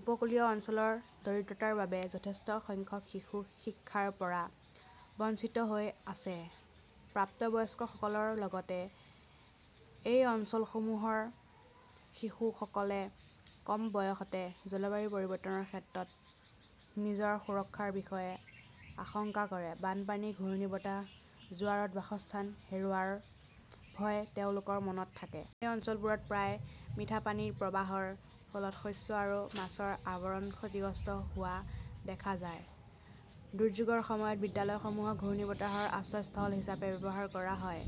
উপকূলীয় অঞ্চলৰ দৰিদ্ৰতাৰ বাবে যথেষ্ট সংখ্যক শিশু শিক্ষাৰ পৰা বঞ্চিত হৈ আছে। প্ৰাপ্তবয়স্কসকলৰ লগতে এই অঞ্চলসমূহৰ শিশুসকলে কম বয়সতে জলবায়ু পৰিৱৰ্তনৰ ক্ষেত্ৰত নিজৰ সুৰক্ষাৰ বিষয়ে আশংকা কৰে। বানপানী, ঘূৰ্ণীবতাহ, জোৱাৰত বাসস্থান হেৰুওৱাৰ ভয় তেওঁলোকৰ মনত থাকে। এই অঞ্চলবোৰত প্ৰায়ে মিঠা পানীৰ প্ৰৱাহৰ ফলত শস্য আৰু মাছৰ আৱৰণ ক্ষতিগ্ৰস্ত হোৱা দেখা যায়। দুৰ্যোগৰ সময়ত বিদ্যালয়সমূহক ঘূৰ্ণীবতাহৰ আশ্ৰয়স্থল হিচাপে ব্যৱহাৰ কৰা হয়।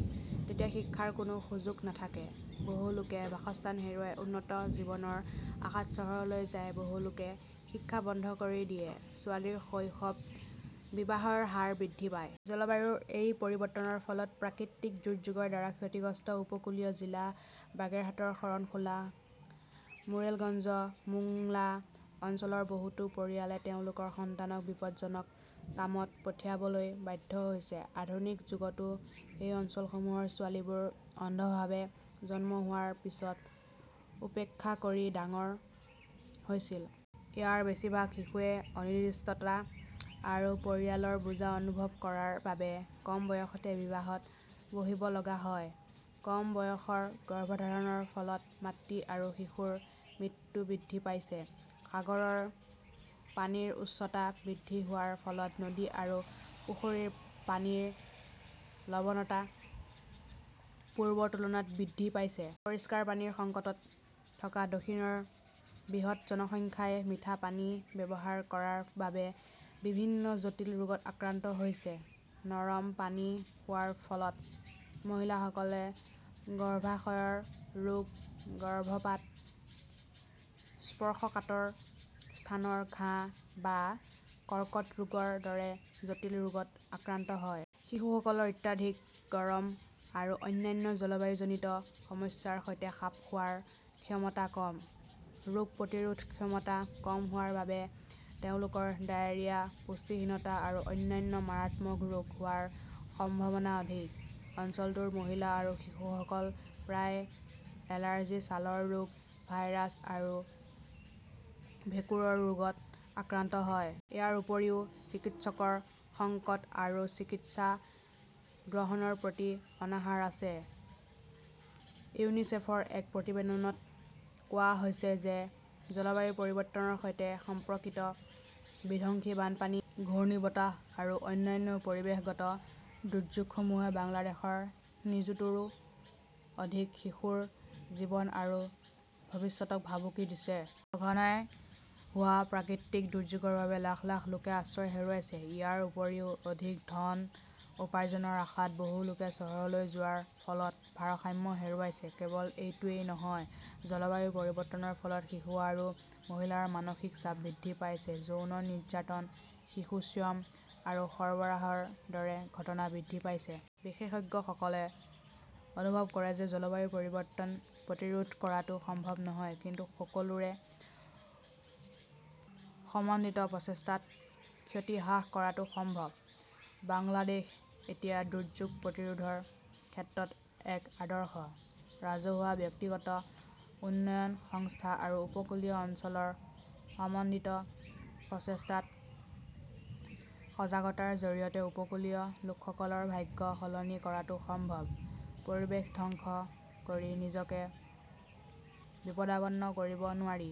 তেতিয়া শিক্ষাৰ কোনো সুযোগ নাথাকে। বহু লোকে বাসস্থান হেৰুৱাই উন্নত জীৱনৰ আশাত চহৰলৈ যায়, বহু লোকে শিক্ষা বন্ধ কৰি দিয়ে, ছোৱালীৰ শৈশৱ, বিবাহৰ হাৰ বৃদ্ধি পায়। জলবায়ুৰ এই পৰিৱৰ্তনৰ ফলত প্ৰাকৃতিক দুৰ্যোগৰ দ্বাৰা ক্ষতিগ্ৰস্ত উপকূলীয় জিলা বাগেৰহাটৰ শৰণখোলা, মোৰেলগঞ্জ, মোংলা অঞ্চলৰ বহুতো পৰিয়ালে তেওঁলোকৰ সন্তানক বিপদজনক কামত পঠিয়াবলৈ বাধ্য হৈছে। আধুনিক যুগতো এই অঞ্চলসমূহৰ ছোৱালীবোৰ অন্ধভাৱে জন্ম হোৱাৰ পিছত উপেক্ষা কৰি ডাঙৰ হৈছিল। ইয়াৰ বেছিভাগ কন্যা শিশুৱে অনিৰ্দিষ্টতা আৰু পৰিয়ালৰ বোজা অনুভৱ কৰাৰ বাবে কম বয়সতে বিবাহত বহিব লগা হয়। কম বয়সৰ গৰ্ভধাৰণৰ ফলত মাতৃ আৰু শিশুৰ মৃত্যু বৃদ্ধি পাইছে। সাগৰৰ পানীৰ উচ্চতা বৃদ্ধি হোৱাৰ ফলত নদী আৰু পুখুৰীৰ পানীৰ লবনতা পূৰ্বৰ তুলনাত বৃদ্ধি পাইছে। পৰিষ্কাৰ পানীৰ সংকটত থকা দক্ষিণৰ বৃহৎ জনসংখ্যাই মিঠা পানী ব্যৱহাৰ কৰাৰ বাবে বিভিন্ন জটিল ৰোগত আক্ৰান্ত হৈছে। নৰম পানী খোৱাৰ ফলত মহিলাসকলে গৰ্ভাশয়ৰ ৰোগ, গৰ্ভপাত, স্পৰ্শকাতৰ স্থানৰ ঘাঁ বা কৰ্কট ৰোগৰ দৰে জটিল ৰোগত আক্ৰান্ত হয়। শিশুসকলৰ অত্যাধিক গৰম আৰু অন্যান্য জলবায়ুজনিত সমস্যাৰ সৈতে খাপ খোৱাৰ ক্ষমতা কম। ৰোগ প্ৰতিৰোধ ক্ষমতা কম হোৱাৰ বাবে তেওঁলোকৰ ডায়েৰিয়া, পুষ্টিহীনতা আৰু অন্যান্য মাৰাত্মক ৰোগ হোৱাৰ সম্ভাৱনা অধিক। অঞ্চলটোৰ মহিলা আৰু শিশুসকল প্ৰায়ে এলাৰ্জি, ছালৰ ৰোগ, ভাইৰাছ আৰু ভেঁকুৰৰ ৰোগত আক্ৰান্ত হয়। ইয়াৰ উপৰিও চিকিৎসকৰ সংকট আৰু চিকিৎসা গ্ৰহণৰ প্ৰতি অনাহাৰ আছে। ইউনিচেফৰ এক প্ৰতিবেদনত কোৱা হৈছে যে জলবায়ু পৰিৱৰ্তনৰ সৈতে সম্পৰ্কিত বিধ্বংসী বানপানী, ঘূৰ্ণীবতাহ আৰু অন্যান্য পৰিৱেশগত দুৰ্যোগসমূহে বাংলাদেশৰ নিযুতৰো অধিক শিশুৰ জীৱন আৰু ভৱিষ্যতক ভাবুকি দিছে। সঘনাই হোৱা প্ৰাকৃতিক দুৰ্যোগৰ বাবে লাখ লাখ লোকে আশ্ৰয় হেৰুৱাইছে। ইয়াৰ উপৰিও, অধিক ধন উপাৰ্জনৰ আশাত বহু লোকে চহৰলৈ যোৱাৰ ফলত ভাৰসাম্য হেৰুৱাইছে। কেৱল এইটোৱেই নহয়, জলবায়ু পৰিৱৰ্তনৰ ফলত শিশু আৰু মহিলাৰ মানসিক চাপ বৃদ্ধি পাইছে, যৌন নিৰ্যাতন, শিশু শ্ৰম আৰু সৰবৰাহৰ দৰে ঘটনা বৃদ্ধি পাইছে। বিশেষজ্ঞসকলে অনুভৱ কৰে যে জলবায়ু পৰিৱৰ্তন প্ৰতিৰোধ কৰাটো সম্ভৱ নহয়, কিন্তু সকলোৰে সমন্বিত প্ৰচেষ্টাত ক্ষতি হ্ৰাস কৰাটো সম্ভৱ। বাংলাদেশ এতিয়া দুৰ্যোগ প্ৰতিৰোধৰ ক্ষেত্ৰত এক আদৰ্শ। ৰাজহুৱা, ব্যক্তিগত উন্নয়ন সংস্থা আৰু উপকূলীয় অঞ্চলৰ সমন্বিত প্ৰচেষ্টাত সজাগতাৰ জৰিয়তে উপকূলীয় লোকসকলৰ ভাগ্য সলনি কৰাটো সম্ভৱ। পৰিৱেশ ধ্বংস কৰি নিজকে বিপদাপন্ন কৰিব নোৱাৰি।